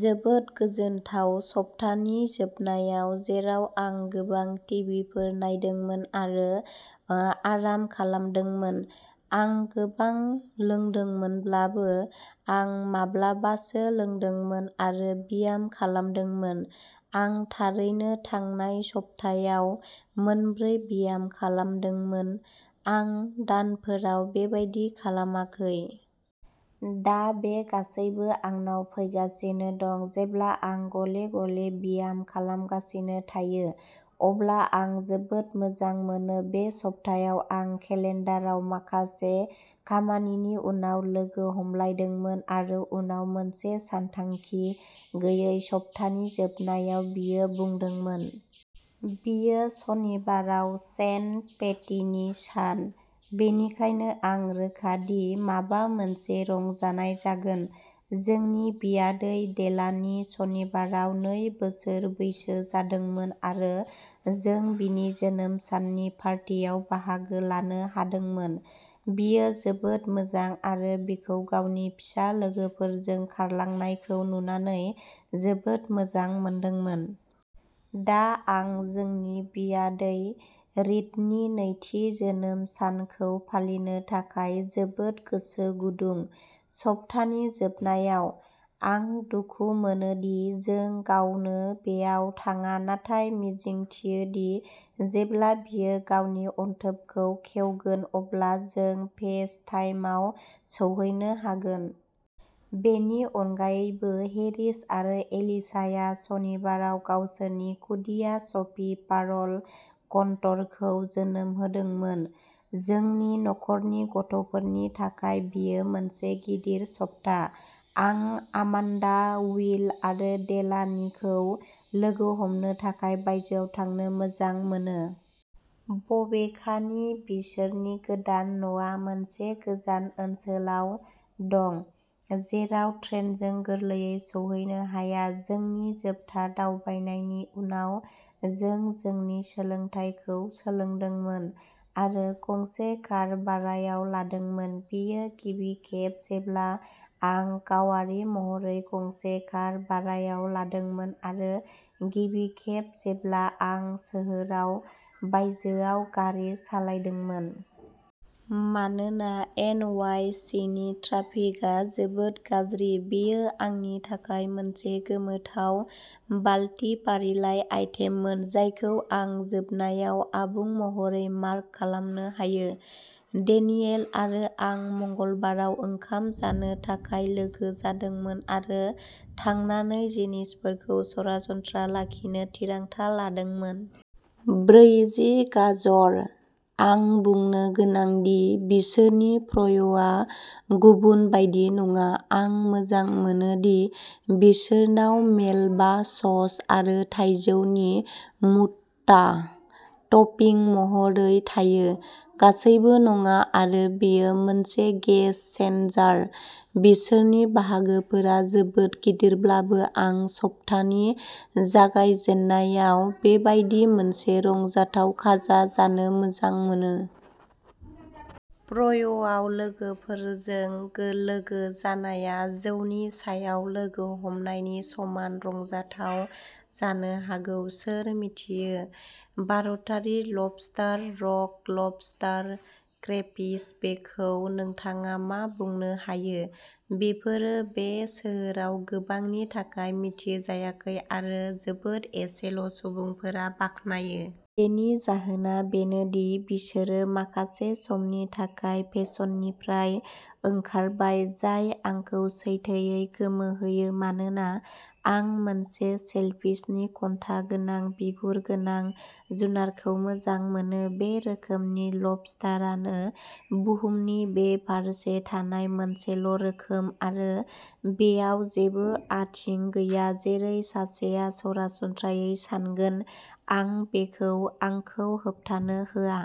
जोबोद गोजोनथाव सप्तानि जोबनायाव, जेराव आं गोबां टिभिफोर नायदोंमोन आरो उम आराम खालामदोंमोन। आं गोबां लोंदोंमोनब्लाबो, आं माब्लाबासो लोंदोंमोन आरो ब्याम खालामदोंमोन। आं थारैनो थांनाय सप्तायाव मोन ब्रै ब्याम खालामदोंमोन। आं दानफोराव बेबादि खालामाखै। दा बे गासैबो आंनाव फैगासिनो दं। जेब्ला आं गले गले ब्याम खालामगासिनो थायो, अब्ला आं जोबोद मोजां मोनो। बे सप्तायाव आं केलेनदाराव माखासे खामानिनि उनाव लोगो हमलायदोंमोन आरो उनाव मोनसे सानथांखि गैयै सप्तानि जोबनायाव बियो बुंदोंमोन। बेयो सनिबाराव सेन्ट पेटिनि सान। बेनिखायनो आं रोखा दि माबा मोनसे रंजानाय जागोन। जोंनि बियादै, डेलानी, सनिबाराव नै बोसोर बैसो जादोंमोन आरो जों बिनि जोनोम साननि पार्टियाव बाहागो लानो हादोंमोन। बियो जोबोद मोजां आरो बिखौ गावनि फिसा लोगोफोरजों खारलांनायखौ नुनानै जोबोद मोजां मोनदोंमोन। दा आं जोंनि बियादै रिदनि नैथि जोनोम सानखौ फालिनो थाखाय जोबोद गोसो गुदुं। सप्तानि जोबनायाव। आं दुखु मोनो दि जों गावनो बेयाव थाङा, नाथाय मिजिंथियोदि जेब्ला बियो गावनि अनथोबखौ खेवगोन अब्ला जों फेस टाइमआव सौहैनो हागोन। बेनि अनगायैबो, हेरिस आरो एलिसाया सनिबाराव गावसोरनि खुदिया, सफी पार्ल कनटरखौ जोनोम होदोंमोन। जोंनि नखरनि गथ'फोरनि थाखाय बेयो मोनसे गिदिर सप्ता। आं आमान्डा, उइल आरो डेलानीखौ लोगो हमनो थाखाय बायजोआव थांनो मोजां मोनो। बबेखानि, बिसोरनि गोदान न'आ मोनसे गोजान ओनसोलाव दं। जेराव ट्रेनजों गोरलैयै सौहैनो हाया। जोंनि जोबथा दावबायनायनि उनाव, जों जोंनि सोलोंथायखौ सोलोंदोंमोन आरो गंसे कार भारायाव लादोंमोन। बेयो गिबि खेब जेब्ला आं गावारि महरै गंसे कार भारायाव लादोंमोन आरो गिबि खेब जेब्ला आं सोहोराव बायजोआव गारि सालायदोंमोन। मानोना एन वाइ सि नि ट्राफिकआ जोबोद गाज्रि। बेयो आंनि थाखाय मोनसे गोमोथाव बालति फारिलाइ आइटेममोन जायखौ आं जोबनायाव आबुं महरै मार्क खालामनो हायो। डेनियेल आरो आं मंगलबाराव ओंखाम जानो थाखाय लोगो जादोंमोन आरो थांनानै जिनिसफोरखौ सरासनस्रा लाखिनो थिरांथा लादोंमोन। ब्रैजि गाजर। आं बुंनो गोनां दि, बिसोरनि फ्रयआ गुबुन बायदि नङा। आं मोजां मोनो दि बिसोरनाव मेलबा सस आरो थाइजौनि मुक्ता टपिं महरै थायो। गासैबो नङा, आरो बेयो मोनसे गेम चेनजार। बिसोरनि बाहागोफोरा जोबोद गिदिरब्लाबो, आं सप्तानि जागायजेननायाव बेबादि मोनसे रंजाथाव खाजा जानो मोजां मोनो। फ्रयआव लोगोफोरजों लोगो जानाया जौनि सायाव लोगो हमनायनि समान रंजाथाव जानो हागौ सोर मिथियो? भारतारि लबस्टार, रक लबस्टार, क्रेफिश, बेखौ नोंथाङा मा बुंनो हायो? बेफोरो बे सोहोराव गोबांनि थाखाय मिथिजायाखै, आरो जोबोद एसेल' सुबुंफोरा बाख्नायो। बेनि जाहोना बेनो दि बिसोरो माखासे समनि थाखाय फेसननिफ्राय ओंखारबाय, जाय आंखौ सैथोयै गोमोहोयो, मानोना आं मोनसे सेलफिसनि कनथा गोनां, बिगुर गोनां, जुनारखौ मोजां मोनो। बे रोखोमनि लबस्टारानो बुहुमनि बे फारसे थानाय मोनसेल' रोखोम, आरो बेयाव जेबो आथिं गैया जेरै सासेआ सरासनस्रायै सानगोन। आं बेखौ आंखौ होबथानो होआ।